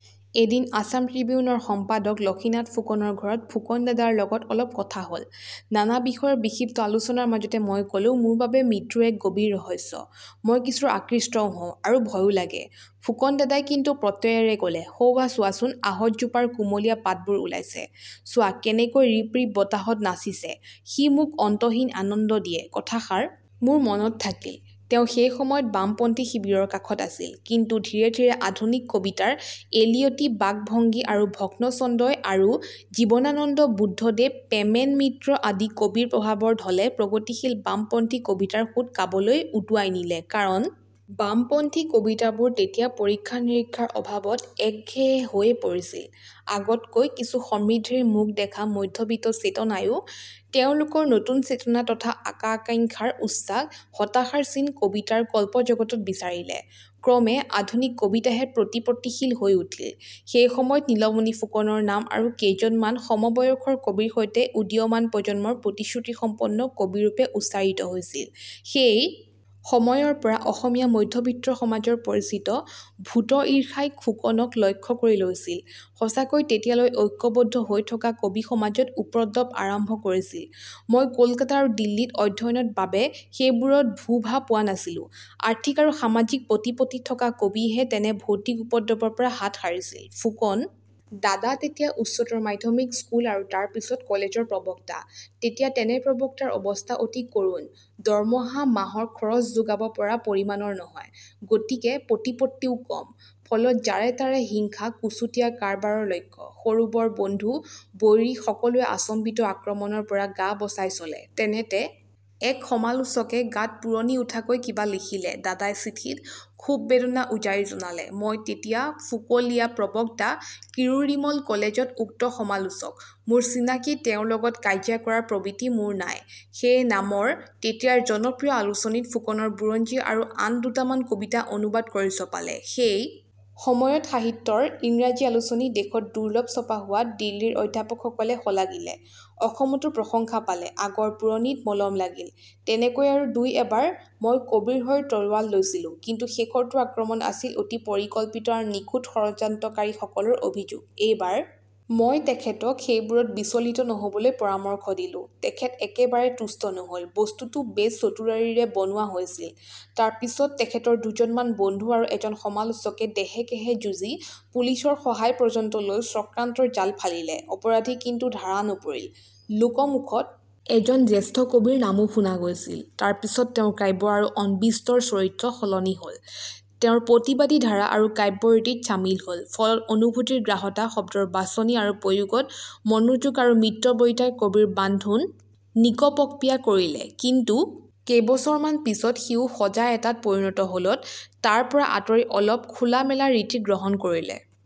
এদিন আসাম ত্ৰিবিউনৰ সম্পাদক লক্ষীনাথ ফুকনৰ ঘৰত ফুকন দাদাৰ লগত অলপ কথা হ'ল। নানা বিষয়ৰ বিক্ষিপ্ত আলোচনাৰ মাজতে মই ক'লোঁ মোৰ বাবে মৃত্যু এক গভীৰ ৰহস্য মই কিছু আকৃষ্টও হওঁ আৰু ভয়ো লাগে। ফুকন দাদাই কিন্তু প্ৰত্যয়েৰে ক'লে সৌৱা চোৱাচোন আহঁত জোপাৰ কুমলিয়া পাতবোৰ ওলাইছে, চোৱা কেনেকৈ ৰিবৰিব বতাহত নাচিছে, সি মোক অন্তহীন আনন্দ দিয়ে। কথাষাৰ মোৰ মনত থাকিল; তেওঁ সেই সময়ত বামপন্থী শিবিৰৰ কাষত আছিল। কিন্তু ধীৰে ধীৰে আধুনিক কবিতাৰ এলিয়টী বাকভংগী আৰু ভগ্ন ছন্দই আৰু জীৱনানন্দ বুদ্ধদেৱ প্ৰেমেন মিত্ৰ আদি কবিৰ প্ৰভাৱৰ ধলে প্ৰগতিশীল বামপন্থী কবিতাৰ সোঁত কাবলৈ উটুৱাই নিলে ।কাৰণ বামপন্থী কবিতাবোৰ তেতিয়া পৰীক্ষা-নিৰীক্ষাৰ অভাৱত একঘেঁয়ে হৈ পৰিছিল। আগতকৈ কিছু সমৃদ্ধিৰ মুখ দেখা মধ্যবিত্ত চেতনায়ো তেওঁলোকৰ নতুন চেতনা তথা আকা-আকাংক্ষা উচ্ছ্বাস হতাশাৰ চিন কবিতাৰ কল্পজগতত বিচাৰিলে। ক্ৰমে আধুনিক কবিতাহে প্ৰতিপত্তিশালী হৈ উঠিল। সেই সময়ত নীলমণি ফুকনৰ নাম আৰু কেইজনমান সমবয়সৰ কবিৰ সৈতে উদীয়মান প্ৰজন্মৰ প্ৰতিশ্ৰুতি সম্পন্ন কবিৰূপে উচ্চাৰিত হৈছিল। সেই সময়ৰ পৰা অসমীয়া মধ্যবিত্ত সমাজৰ পৰিচিত ভূত ইৰ্ষাই ফুকনক লক্ষ্য কৰি লৈছিল। সঁচাকৈ তেতিয়ালৈ ঐক্যৱদ্ধ হৈ থকা কবি সমাজত উপদ্ৰৱ আৰম্ভ কৰিছিল। মই কলকতা আৰু দিল্লীত অধ্যয়নত বাবে সেইবোৰৰ ভূ-ভা পোৱা নাছিলোঁ। আৰ্থিক আৰু সামাজিক প্ৰতিপত্তি থকা কবিহে তেনে ভৌতিক উপদ্ৰৱৰ পৰা হাত সাৰিছিল। ফুকন দাদা তেতিয়া উচ্চতৰ মাধ্যমিক স্কুল আৰু তাৰ পিছত কলেজৰ প্ৰৱক্তা। তেতিয়া তেনে প্ৰৱক্তাৰ অৱস্থা অতি কৰুণ দৰমহা মাহৰ খৰচ যোগাব পৰা পৰিমাণৰ নহয়। গতিকে প্ৰতিপত্তিও কম, ফলত যাৰে তাৰে হিংসা কুৰ্চুটিয়া কাৰবাৰৰ লক্ষ্য, সৰু বৰ বন্ধু বৈৰী সকলোৰে আচম্বিত আক্ৰমণৰ পৰা গাবচাই চলে। তেনেতে এক সমালোচকে গাত পোৰণি উঠাকৈ কিবা লিখিলে। দাদাই চিঠিত ক্ষোভ-বেদনা উজাৰি জনালে, মই তেতিয়া ফুকলিয়া প্ৰৱক্তা কিৰোৰিমল কলেজত উক্ত সমালোচক মোৰ চিনাকী তেওঁৰ লগত কাজিয়া কৰাৰ প্ৰবৃত্তি মোৰ নাই। সেয়ে নামৰ তেতিয়াৰ জনপ্ৰিয় আলোচনীত ফুকনৰ বুৰঞ্জী আৰু আন দুটামান কবিতা অনুবাদ কৰি ছপালে। সেই সময়ত সাহিত্যৰ ইংৰাজী আলোচনী দেশত দুৰ্লভ ছপা হোৱাত দিল্লীৰ অধ্যাপকসকলে শলাগিলে অসমতো প্ৰশংসা পালে। আগৰ পোৰণিত মলম লাগিল, তেনেকৈ আৰু দুই এবাৰ মই কবিৰ হৈ তৰোৱাল লৈছিলোঁ। কিন্তু শেষৰটো আক্ৰমণ আছিল অতি পৰিকল্পিত আৰু নিখুত ষড়যন্ত্ৰসকলৰ অভিযোগ। এইবাৰ মই তেখেতক সেইবোৰত বিচলিত নহ'বলৈ পৰামৰ্শ দিলোঁ। তেখেত একেবাৰে তুষ্ট নহ'ল, বস্তুটো বেছ চতুৰিৰে বনোৱা হৈছিল। তাৰ পিছত তেখেতৰ দুজনমান বন্ধু আৰু এজন সমালোচকে দেহে-কেহে যুঁজি পুলিচৰ সহায় পৰ্যন্ত লৈ চক্ৰান্তৰ জাল ফালিলে। অপৰাধী কিন্তু ধৰা নপৰিল। লোকমুখত এজন জ্যেষ্ঠ কবিৰ নামো শুনা গৈছিল, তাৰ পিছত তেওঁৰ কাব্য আৰু অন্বিষ্টৰ চৰিত্ৰ সলনি হ'ল। তেওঁৰ প্ৰতীবাদী ধাৰা আৰু কাব্য ৰীতিত চামিল হ'ল। ফলত অনুভূতিৰ গাঢ়তা শব্দৰ বাছনি আৰু প্ৰয়োগত মনোযোগ আৰু মিতব্যয়িতাই কবিতাৰ বান্ধোন নিকপকপিয়া কৰিলে। কিন্তু কেইবছৰমান পিছত সিও সঁজা এটাত পৰিণত হ'লত তাৰ পৰা আঁতৰি অলপ খোলা-মেলা ৰীতি গ্ৰহণ কৰিলে।